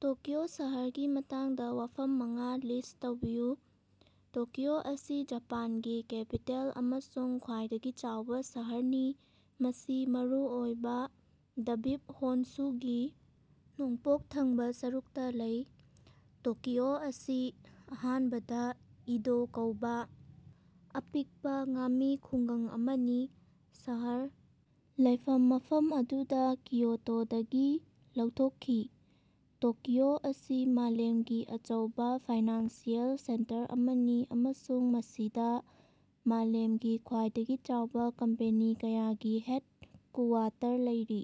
Tokyo ꯁꯍꯔꯒꯤ ꯃꯇꯥꯡꯗ ꯋꯥꯐꯝ ꯃꯉꯥ ꯂꯤꯁ ꯇꯧꯕꯤꯌꯨ꯫ ꯇꯣꯀꯤꯑꯣ ꯑꯁꯤ ꯖꯄꯥꯟꯒꯤ ꯀꯦꯄꯤꯇꯦꯜ ꯑꯃꯁꯨꯡ ꯈ꯭ꯋꯥꯏꯗꯒꯤ ꯆꯥꯎꯕ ꯁꯍꯔꯅꯤ ꯃꯁꯤ ꯃꯔꯨꯑꯣꯏꯕ ꯗꯕꯤꯞ ꯍꯣꯟꯁꯨꯒꯤ ꯅꯣꯡꯄꯣꯛ ꯊꯪꯕ ꯁꯔꯨꯛꯇ ꯂꯩ꯫ ꯇꯣꯀꯤꯑꯣ ꯑꯁꯤ ꯑꯍꯥꯟꯕꯗ ꯏꯗꯣ ꯀꯧꯕꯥ ꯑꯄꯤꯛꯄ ꯉꯥꯃꯤ ꯈꯨꯡꯒꯪ ꯑꯃꯅꯤ꯫ ꯁꯍꯔ ꯂꯩꯐꯝ ꯃꯐꯝ ꯑꯗꯨꯗ ꯀꯤꯌꯣꯇꯣꯗꯒꯤ ꯂꯧꯊꯣꯛꯈꯤ꯫ ꯇꯣꯀꯤꯑꯣ ꯑꯁꯤ ꯃꯥꯂꯦꯝꯒꯤ ꯑꯆꯧꯕ ꯐꯥꯏꯅꯥꯟꯁꯤꯑꯦꯜ ꯁꯦꯟꯇꯔ ꯑꯃꯅꯤ ꯑꯃꯁꯨꯡ ꯃꯁꯤꯗ ꯃꯥꯂꯦꯝꯒꯤ ꯈ꯭ꯋꯥꯏꯗꯒꯤ ꯆꯥꯎꯕ ꯀꯝꯄꯦꯅꯤ ꯀꯌꯥꯒꯤ ꯍꯦꯠꯀꯨꯋꯥꯇꯔ ꯂꯩꯔꯤ꯫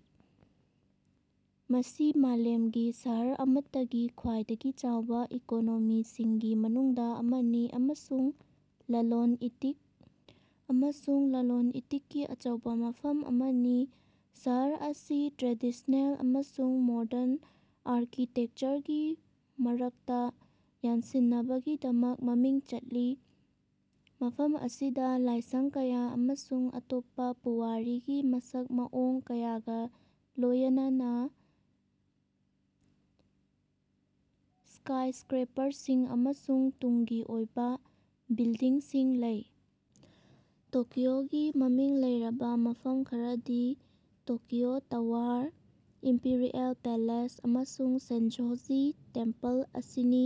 ꯃꯁꯤ ꯃꯥꯂꯦꯝꯒꯤ ꯁꯍꯔ ꯑꯃꯠꯇꯒꯤ ꯈ꯭ꯋꯥꯏꯗꯒꯤ ꯆꯥꯎꯕ ꯏꯀꯣꯅꯣꯃꯤꯁꯤꯡꯒꯤ ꯃꯅꯨꯡꯗ ꯑꯃꯅꯤ ꯑꯃꯁꯨꯡ ꯂꯂꯣꯟ ꯏꯇꯤꯛ ꯑꯃꯁꯨꯡ ꯂꯂꯣꯟ ꯏꯇꯤꯛꯀꯤ ꯑꯆꯧꯕ ꯃꯐꯝ ꯑꯃꯅꯤ꯫ ꯁꯍꯔ ꯑꯁꯤ ꯇ꯭ꯔꯦꯗꯤꯁꯅꯦꯜ ꯑꯃꯁꯨꯡ ꯃꯣꯔꯗꯟ ꯑꯥꯔꯀꯤꯇꯦꯛꯆꯔꯒꯤ ꯃꯔꯛꯇ ꯌꯥꯟꯁꯤꯟꯅꯕꯒꯤꯗꯃꯛ ꯃꯃꯤꯡ ꯆꯠꯂꯤ ꯃꯐꯝ ꯑꯁꯤꯗ ꯂꯥꯏꯁꯪ ꯀꯌꯥ ꯑꯃꯁꯨꯡ ꯑꯇꯣꯞꯄ ꯄꯨꯋꯥꯔꯤꯒꯤ ꯃꯁꯛ ꯃꯑꯣꯡ ꯀꯌꯥꯒ ꯂꯣꯌꯅꯅ ꯁ꯭ꯀꯥꯏꯁꯀꯔꯦꯄꯔꯁꯤꯡ ꯑꯃꯁꯨꯡ ꯇꯨꯡꯒꯤ ꯑꯣꯏꯕ ꯕꯤꯜꯗꯤꯡꯁꯤꯡ ꯂꯩ꯫ ꯇꯣꯀꯤꯑꯣꯒꯤ ꯃꯃꯤꯡ ꯂꯩꯔꯕ ꯃꯐꯝ ꯈꯔꯗꯤ ꯇꯣꯀꯤꯑꯣ ꯇꯋꯥꯔ ꯏꯝꯄꯤꯔꯤꯑꯦꯜ ꯄꯦꯂꯦꯁ ꯑꯃꯁꯨꯡ ꯁꯦꯟꯁꯣ ꯖꯤ ꯇꯦꯝꯄꯜ ꯑꯁꯤꯅꯤ꯫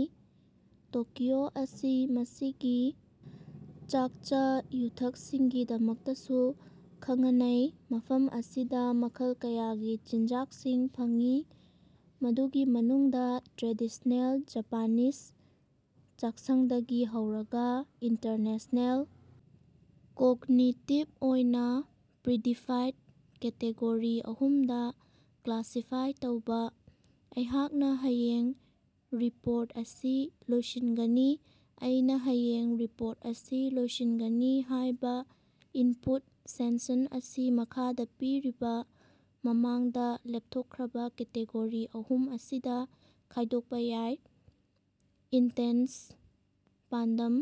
ꯇꯣꯀꯤꯑꯣ ꯑꯁꯤ ꯃꯁꯤꯒꯤ ꯆꯥꯛꯆ ꯌꯨꯊꯛꯁꯤꯡꯒꯤꯗꯃꯛꯇꯁꯨ ꯈꯉꯅꯩ ꯃꯐꯝ ꯑꯁꯤꯗ ꯃꯈꯜ ꯀꯌꯥꯒꯤ ꯆꯤꯟꯖꯥꯛꯁꯤꯡ ꯐꯪꯏ ꯃꯗꯨꯒꯤ ꯃꯅꯨꯡꯗ ꯇ꯭ꯔꯦꯗꯤꯁꯅꯦꯜ ꯖꯄꯥꯅꯤꯁ ꯆꯥꯛꯁꯪꯗꯒꯤ ꯍꯧꯔꯒ ꯏꯟꯇꯔꯅꯦꯁꯅꯦꯜ ꯀꯣꯒꯅꯤꯇꯤꯚ ꯑꯣꯏꯅ ꯄꯔꯤꯗꯤꯐꯥꯏꯠ ꯀꯦꯇꯦꯒꯣꯔꯤ ꯑꯍꯨꯝꯗ ꯀ꯭ꯂꯥꯁꯤꯐꯥꯏ ꯇꯧꯕ꯫ ꯑꯩꯍꯥꯛꯅ ꯍꯌꯦꯡ ꯔꯤꯄꯣꯔꯠ ꯑꯁꯤ ꯂꯣꯏꯁꯤꯟꯒꯅꯤ꯫ ꯑꯩꯅ ꯍꯌꯦꯡ ꯔꯤꯄꯣꯔꯠ ꯑꯁꯤ ꯂꯣꯏꯁꯤꯟꯒꯅꯤ ꯍꯥꯏꯕ ꯏꯟꯄꯨꯠ ꯁꯦꯟꯁꯟ ꯑꯁꯤ ꯃꯈꯥꯗ ꯄꯤꯔꯤꯕ ꯃꯃꯥꯡꯗ ꯂꯦꯞꯊꯣꯛꯈ꯭ꯔꯕ ꯀꯦꯇꯦꯒꯣꯔꯤ ꯑꯍꯨꯝ ꯑꯁꯤꯗ ꯈꯥꯏꯗꯣꯛꯄ ꯌꯥꯏ ꯏꯟꯇꯦꯟꯁ ꯄꯥꯟꯗꯝ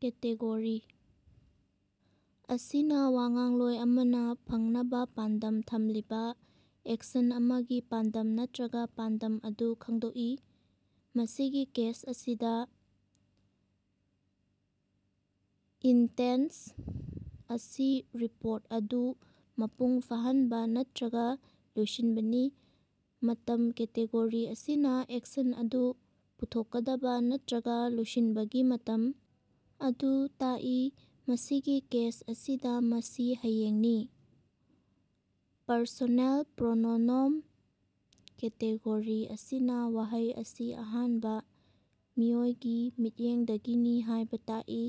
ꯀꯦꯇꯦꯒꯣꯔꯤ ꯑꯁꯤꯅ ꯋꯥꯉꯥꯡꯂꯣꯏ ꯑꯃꯅ ꯐꯪꯅꯕ ꯄꯥꯟꯗꯝ ꯊꯝꯂꯤꯕ ꯑꯦꯛꯁꯟ ꯑꯃꯒꯤ ꯄꯥꯟꯗꯝ ꯅꯠꯇ꯭ꯔꯒ ꯄꯥꯟꯗꯝ ꯑꯗꯨ ꯈꯪꯗꯣꯛꯏ꯫ ꯃꯁꯤꯒꯤ ꯀꯦꯁ ꯑꯁꯤꯗ ꯏꯟꯇꯦꯟꯁ ꯑꯁꯤ ꯔꯤꯄꯣꯔꯠ ꯑꯗꯨ ꯃꯄꯨꯡ ꯐꯥꯍꯟꯕ ꯅꯠꯇ꯭ꯔꯒ ꯂꯣꯏꯁꯤꯟꯕꯅꯤ꯫ ꯃꯇꯝ ꯀꯦꯇꯦꯒꯣꯔꯤ ꯑꯁꯤꯅ ꯑꯦꯛꯁꯟ ꯑꯗꯨ ꯄꯨꯊꯣꯛꯀꯗꯕ ꯅꯠꯇ꯭ꯔꯒ ꯂꯣꯏꯁꯤꯟꯕꯒꯤ ꯃꯇꯝ ꯑꯗꯨ ꯇꯥꯛꯏ ꯃꯁꯤꯒꯤ ꯀꯦꯁ ꯑꯁꯤꯗ ꯃꯁꯤ ꯍꯌꯦꯡꯅꯤ꯫ ꯄꯔꯁꯣꯅꯦꯜ ꯄꯔꯣꯅꯣꯅꯣꯝ ꯀꯦꯇꯦꯒꯣꯔꯤ ꯑꯁꯤꯅ ꯋꯥꯍꯩ ꯑꯁꯤ ꯑꯍꯥꯟꯕ ꯃꯤꯑꯣꯏꯒꯤ ꯃꯤꯠꯌꯦꯡꯗꯒꯤꯅꯤ ꯍꯥꯏꯕ ꯇꯥꯛꯏ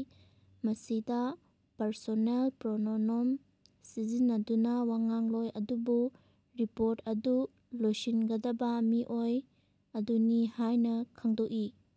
ꯃꯁꯤꯗ ꯄꯔꯁꯣꯅꯦꯜ ꯄꯔꯣꯅꯣꯅꯣꯝ ꯁꯤꯖꯤꯟꯅꯗꯨꯅ ꯋꯥꯉꯥꯡꯂꯣꯏ ꯑꯗꯨꯕꯨ ꯔꯤꯄꯣꯔꯠ ꯑꯗꯨ ꯂꯣꯏꯁꯤꯟꯒꯗꯕ ꯃꯤꯑꯣꯏ ꯑꯗꯨꯅꯤ ꯍꯥꯏꯅ ꯈꯪꯗꯣꯛꯏ꯫